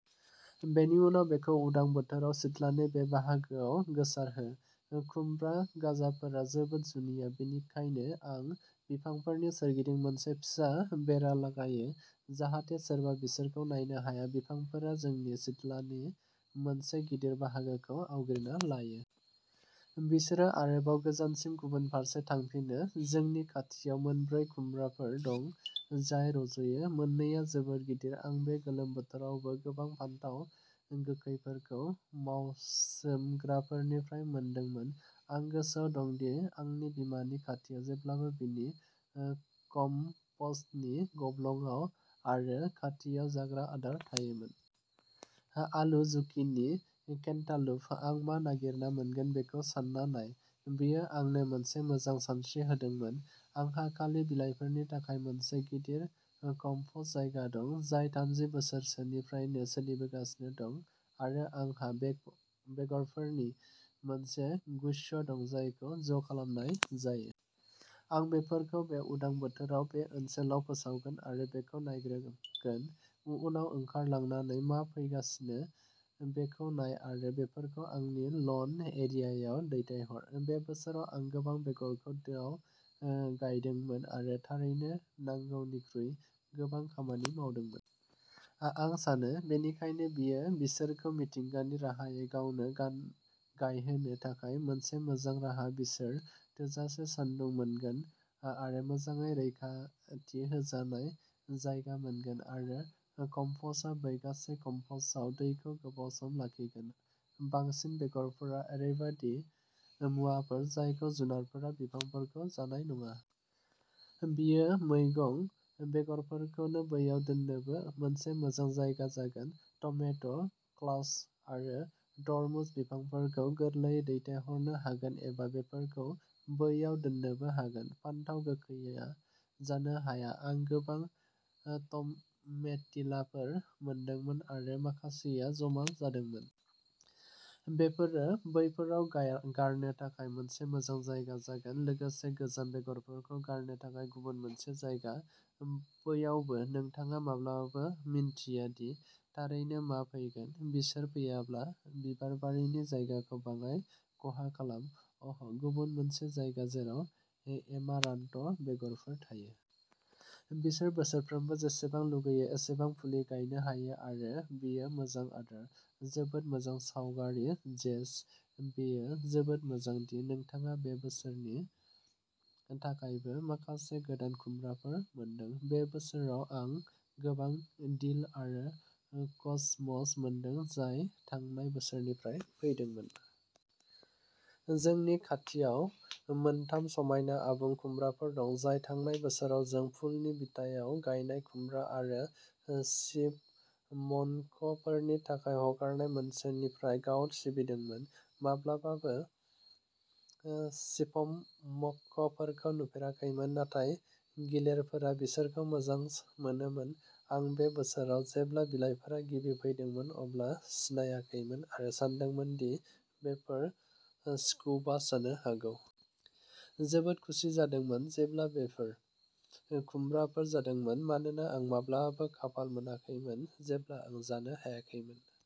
बेनि उनाव बेखौ उदां बोथोराव सिथ्लानि बे बाहागोआव गोसारहो। खुमब्रा गाजाफोरा जोबोद जुनिया। बेनिखायनो आं बिफांफोरनि सोरगिदिं मोनसे फिसा बेरा लागायो जाहाथे सोरबा बिसोरखौ नारनो हाया। बिफांफोरा जोंनि सिथ्लानि मोनसे गिदिर बाहागोखौ आवग्रिना लायो। बिसोरो आरोबाव गोजानसिम गुबुन फारसे थांफिनो। जोंनि खाथियाव मोन ब्रै खुमब्राफोर दं जाय रज'यो। मोननैआ जोबोद गिदिर। आं बे गोलोम बोथोरावबो गोबां फानथाव गोखैफोरखौ मावसोमग्राफोरनिफ्राय मोनदोंमोन। आं गोसोआव दं दि आंनि बिमानि खाथियाव जेब्लाबो बिनि कमपस्टनि गब्लंआव आरो खाथियाव जाग्रा आदार थायोमोन। आलु, जुकिनि, केन्टालुप। आं मा नागिरना मोनगोन बेखौ सानना नाय। बेयो आंनो मोनसे मोजां सानस्रि होदोंमोन। आंहा खालि बिलाइफोरनि थाखाय मोनसे गिदिर कमपस्ट जायगा दं। जाय थामजि बोसोरसोनिफ्रायनो सोलिबोगासिनो दं। आरो आंहा बेग बेगरफोरनि मोनसे गुच्च दं जायखौ ज'खालामनाय जायो। आं बेफोरखौ बे उदां बोथोराव बे ओनसोलाव फोसावगोन आरो बेखौ नायग्रोमगोन। मुहुनाव ओंखारलांनानै मा फैगासिनो बेखौ नाय आरो बेफोरखौ आंनि लन एरियायाव दैथायहर। बे बोसोराव आं गोबां बेगरखौ दोआव गायदोंमोन आरो थारैनो नांगौनिख्रुइ गोबां खामानि मावदोंमोन। आ आं सानो बेनिखायनो बेयो बिसोरखौ मिथिंगानि राहायै गावनो गान गायहोनो थाखाय मोनसे मोजां राहा बिसोर थोजासे सान्दुं मोनगोन आ आरो मोजाङै रैखाथि होजानाय जायगा मोनगोन आरो कमपस्टआ बै गासै कमपस्टआव दैखौ गोबाव सम लाखिगोन। बांसिन बेगरफोरा ओरैबायदि मुवाफोर जायखौ जुनारफोरा बिफांफोरखौ जानाय नङा। बेयो मैगं बेगरफोरखौ बैयाव दोननोबो मोनसे मोजां जायगा जागोन। टमेट', क्लाश आरो तरमुज बिफांफोरखौ गोरलैयै दैथायहरनो हागोन एबा बेफोरखौ बैयाव दोननोबो हागोन। फानथाव गोखैआ जानो हाया। आं गोबां टमेटिलाफोर मोनदोंमोन। आरो माखासेआ जमा जादोंमोन। बेफोरो बैफोराव गाया गारनो थाखाय मोनसे मोजां जायगा जागोन। लोगोसे गोजाम बेगरफोरखौ गारनो थाखाय गुबुन मोनसे जायगा। बैयावबो नोंथाङा माब्लाबाबो मिनथिया दि थारैनो मा फैगोन। बिसोर फैयाब्ला बिबारबारिनि जायगाखौ बाङाइ खहा खालाम। अ'ह गुबुन मोनसे जायगा जेराव एमारान्थ बेगरफोर थायो। बिसोर बोसोरफ्रोमबो जेसेबां लुबैयो एसेबां फुलि गायनो हायो आरो बेयो मोजां आदार। जोबोद मोजां सावगारि जेस बेयो जोबोद मोजां दि नोंथाङा बे बोसोरनि थाखायबो माखासे गोदान खुमब्राफोर मोनदों। बे बोसोराव आं गोबां डिल आरो कसमस मोनदों जाय थांनाय बोसोरनिफ्राय फैदोंमोन। जोंनि खाथियाव मोनथाम समायना आबुं खुमब्राफोर दं जाय थांनाय बोसोराव जों फुलनि बिथायाव गारनाय खुमब्रा आरो चिपमन्कफोरनि थाखाय हगारनाय मोनसेनिफ्राय गाव सिबिदोंमोन। माब्लाबाबो चिपमम्कफोरखौ नुफेराखैमोन नाथाय गिलेरफोरा बिसोरखौ मोजां मोनोमोन। आं बे बोसोराव जेब्ला बिलाइफोरा गिबि फैदोंमोन अब्ला सिनायाखैमोन आरो सानदोंमोन दि बेफोर स्कुवाश जानो हागौ। जोबोद खुसि जादोंमोन जेब्ला बेफोर खुमब्राफोर जादोंमोन। मानोना आं माब्लाबो खाफाल मोनाखैमोन जेब्ला आं जानो हायाखैमोन।